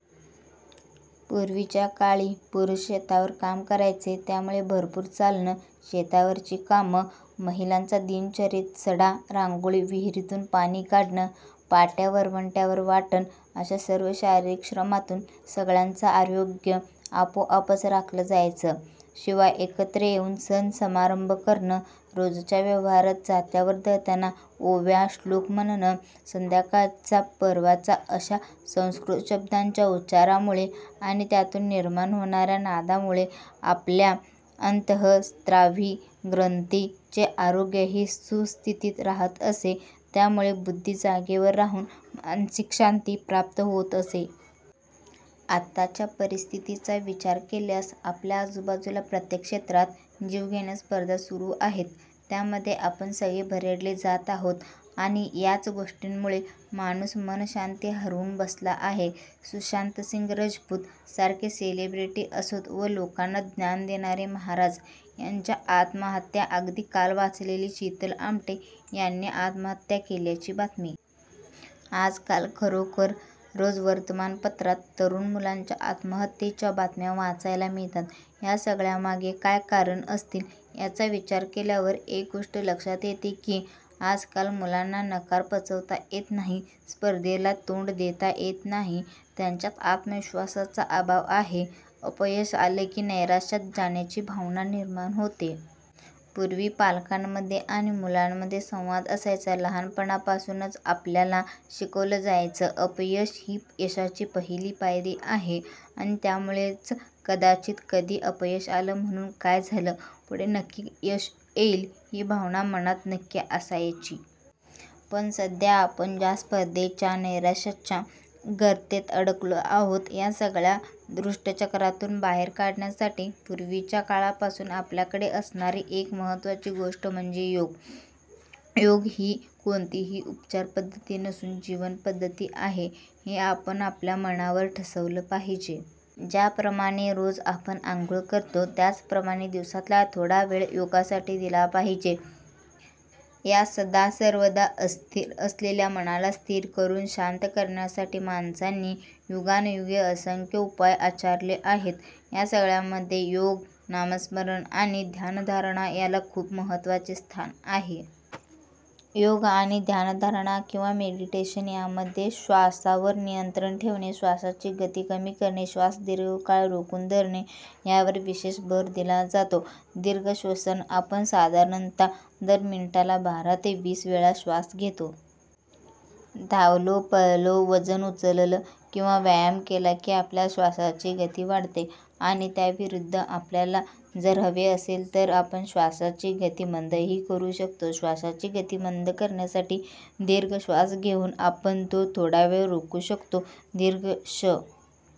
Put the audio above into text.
पूर्वीच्या काळी पुरुष शेतावर काम करायचे त्यामुळे भरपूर चालणं, शेतावरची कामं, महिलांचा दिनचर्येत सडा, रांगोळी, विहिरीतून पाणी काढणं, पा ट्या – वरवंट्यावर वाटणं अशा सर्व शारीरिक श्रमांतून सगळ्यांच आरोग्य आपोआपच राखलं जायचं. शिवाय एकत्र येऊन सण समारंभ करणं, रोजच्या व्यवहारात जात्यावर दळताना ओव्या, श्लोक म्हणणं संध्याकाळचा पर्वचा अशा संस्कृत शब्दांच्या उच्चारामुळे आणि त्यातून निर्माण होणाऱ्या नादामुळे आपल्या अंत: स्रावी ग्रंथीं चे आरोग्यही सुस्थितीत राहात असे, त्यामुळे बुद्धी जागेवर राहून मानसिक शांती प्राप्त होत असे. आत्ताच्या परिस्थितीचा विचार केल्यास आपल्या आजूबाजूला प्रत्येक क्षेत्रात जीवघेण्या स्पर्धा सुरू आहेत त्यामध्ये आपण सगळे भरडले जात आहोत आणि याच गोष्टींमुळे माणूस मनःशांती हरवून बसला आहे. सुशांत सिंग राजपूत सारखे सेलिब्रिटी असोत व लोकांना ज्ञान देणारे महाराज यांच्या आत्महत्या अगदी काल वाचलेली शीतल आमटे यांनी आत्महत्या केल्याची बातमी. आजकाल खरोखर रोज वर्तमानपत्रांत तरुण मुलांच्या आत्महत्येच्या बातम्या वाचायला मिळतात. या सगळ्यामागे काय कारणं असतील याचा विचार केल्यावर एक गोष्ट लक्षात येते की आजकाल मुलांना नकार पचवता येत नाही, स्पर्धेला तोंड देता येत नाही, त्यांच्यात आत्मविश्वासाचा अभाव आहे, अपयश आलं की नैराश्यात जाण्याची भावना निर्माण होते. पूर्वी पालकांमध्ये आणि मुलांमध्ये संवाद असायचा, लहानपणापासूनच आपल्याला शिकवलं जायचं – अपयश ही यशाची पहिली पायरी आहे आणि त्यामुळेच कदाचित कधी अपयश आलं म्हणून काय झालं, पुढे नक्की यश येईल ही भावना मनात नक्की असायची. पण सध्या आपण ज्या स्पर्धेच्या, नैराश्याच्या गर्तेत अडकलो आहोत, या सगळ्या दुष्टचक्रातून बाहेर काढण्यासाठी पूर्वीच्या काळापासून आपल्याकडे असणारी एक महत्त्वाची गोष्ट म्हणजे योग. योग ही कोणतीही उपचार पध्दती नसून जीवनपद्धती आहे हे आपण आपल्या मनावर ठसवल पाहिजे. ज्याप्रमाणे रोज आपण अंघोळ करतो त्याप्रमाणे दिवसातला थोडा वेळ योगासाठी दिला पाहिजे. या सदासर्वदा अस्थिर असलेल्या मनाला स्थिर करून शांत करण्यासाठी माणसांनी युगानयुगे असंख्य उपाय आचरले आहेत या सगळ्यामध्ये योग, नामस्मरण आणि ध्यानधारणा याला खूप महत्त्वाचे स्थान आहे. योग आणि ध्यानधारणा किंवा मेडिटेशन यामध्ये श्वासावर नियंत्रण ठेवणे श्वासाची गती कमी करणे, श्वास दीर्घकाळ रोखून धरणे यावर विशेष भर दिला जातो. दीर्घ श्वसन – आपण साधारणतः दर मिनिटाला बारा ते वीस वेळा श्वास घेतो. धावलो, पळालो, वजन उचललं किंवा व्यायाम केला की आपल्या श्वासाची गती वाढते. आणि त्याविरुद्ध आपल्याला जर हवे असेल तर आपण श्वासाची गती मंदही करु शकतो. श्वासाची गती मंद करण्यासाठी दीर्घ श्वास घेऊन आपण तो थोडावेळ रोखू शकतो. दीर्घ श्